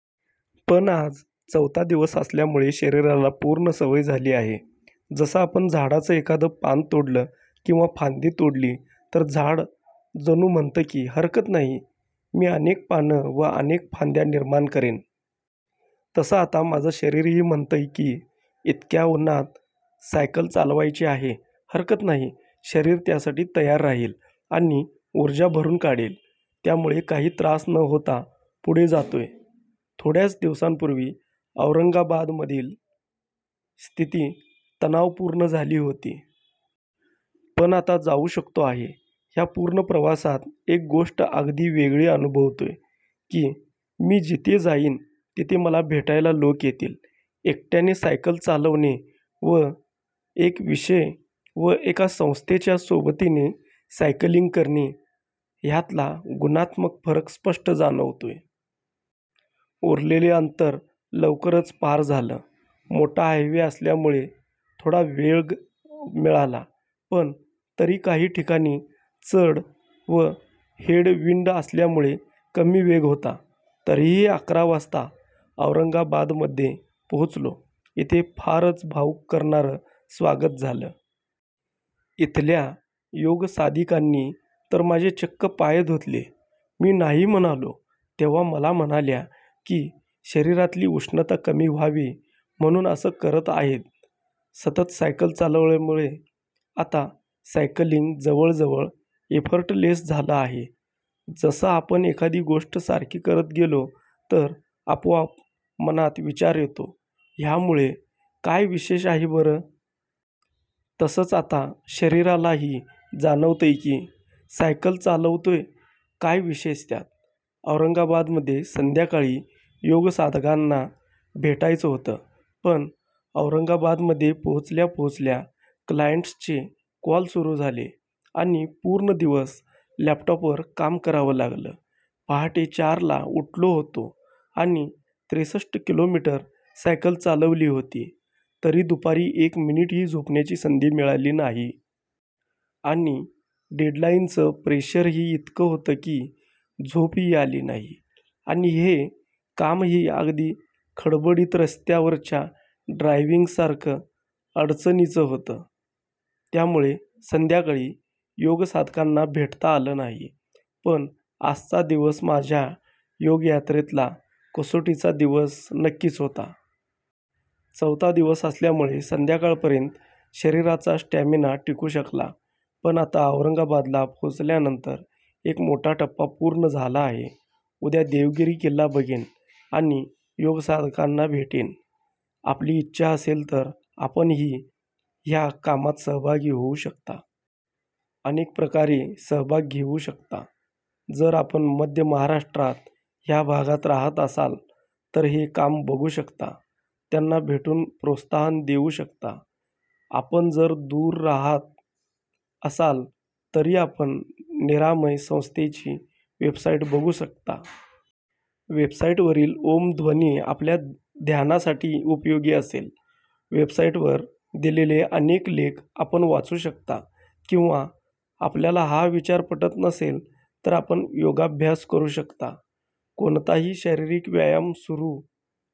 पण आज चौथा दिवस असल्यामुळे शरीराला पूर्ण सवय झाली आहे. जसं आपण झाडाचं एखादं पान तोडलं किंवा फांदी तोडली तर झाड जणू म्हणतं की, हरकत नाही, मी अनेक पानं व अनेक फांद्या निर्माण करेन. तसं आता माझं शरीरही म्हणतंय की, इतक्या उन्हात सायकल चालवायची आहे, हरकत नाही. शरीर त्यासाठी तयार राहील आणि ऊर्जा भरून काढेल. त्यामुळे काही त्रास न होता पुढे जातोय. थोड्याच दिवसांपूर्वी औरंगाबादमधली स्थिती तणावपूर्ण झाली होती. पण आता जाऊ शकतो आहे. ह्या पूर्ण प्रवासात एक गोष्ट अगदी वेगळी अनुभवतोय की, मी जिथे जाईन, तिथे मला भेटायला लोक येतील. एकट्याने सायकल चालवणे व एक विषय व एका संस्थेच्या सोबतीने सायकलिंग करणे ह्यातला गुणात्मक फरक स्पष्ट जाणवतोय. उरलेलं अंतर लवकरच पार झालं. मोठा हायवे असल्यामुळे थोडा वेग मिळाला. पण तरी काही ठिकाणी चढ व हेड विंड असल्यामुळे कमी वेग होता. तरीही अकरा वाजता औरंगाबादमध्ये पोहोचलो. इथे फारच भावुक करणारं स्वागत झालं. इथल्या योग साधिकांनी तर माझे चक्क पाय धुतले. मी नाही म्हणालो, तेव्हा मला म्हणाल्या की, शरीरातली उष्णता कमी व्हावी म्हणून असं करत आहेत. सतत सायकल चालवल्यामुळे आता सायकलिंग जवळजवळ एफर्टलेस झालं आहे. जसं आपण एखादी गोष्ट सारखी करत गेलो तर आपोआप मनात विचार येतो, ह्यामध्ये काय विशेष आहे बरं? तसंच आता शरीरालाही जाणवतंय की, सायकल चालवतोय, काय विशेष त्यात? औरंगाबादमध्ये संध्याकाळी योग साधकांना भेटायचं होतं. पण औरंगाबादमध्ये पोहोचल्या पोहोचल्या क्लाएंटसचे कॉल सुरू झाले आणि पूर्ण दिवस लॅपटॉपवर काम करावं लागलं. पहाटे चारला उठलो होतो आणि त्रेसष्ट किलोमीटर सायकल चालवली होती, तरी दुपारी एक मिनिटही झोपण्याची संधी मिळाली नाही. आणि डेडलाईनचं प्रेशरही इतकं होतं की, झोपही आली नाही. आणि हे कामही अगदी खडबडीत रस्त्यावरच्या ड्रायव्हिंगसारखं अडचणीचं होतं. त्यामुळे संध्याकाळी योग साधकांना भेटता आलं नाही. पण आजचा दिवस माझ्या योग यात्रेतला कसोटीचा दिवस नक्कीच होता. चौथा दिवस असल्यामुळे संध्याकाळपर्यंत शरीराचा स्टॅमिना टिकू शकला. पण आता औरंगाबादला पोहोचल्यानंतर एक मोठा टप्पा पूर्ण झाला आहे. उद्या देवगिरी किल्ला बघेन आणि योग साधकांना भेटेन. आपली इच्छा असेल तर आपणही ह्या कामात सहभागी होऊ शकता. अनेक प्रकारे सहभाग घेऊ शकता. जर आपण मध्य महाराष्ट्रात ह्या भागात राहात असाल तर हे काम बघू शकता. त्यांना भेटून प्रोत्साहन देऊ शकता. आपण जर दूर राहात असाल, तरी आपण निरामय संस्थेची वेबसाईट बघू शकता. वेबसाईटवरील ॐ ध्वनी आपल्या ध्यानासाठी उपयोगी असेल. वेबसाईटवर दिलेले अनेक लेख आपण वाचू शकता. किंवा आपल्याला हा विचार पटत असेल तर आपण योगाभ्यास करू शकता. कोणताही शारीरिक व्यायाम सुरू.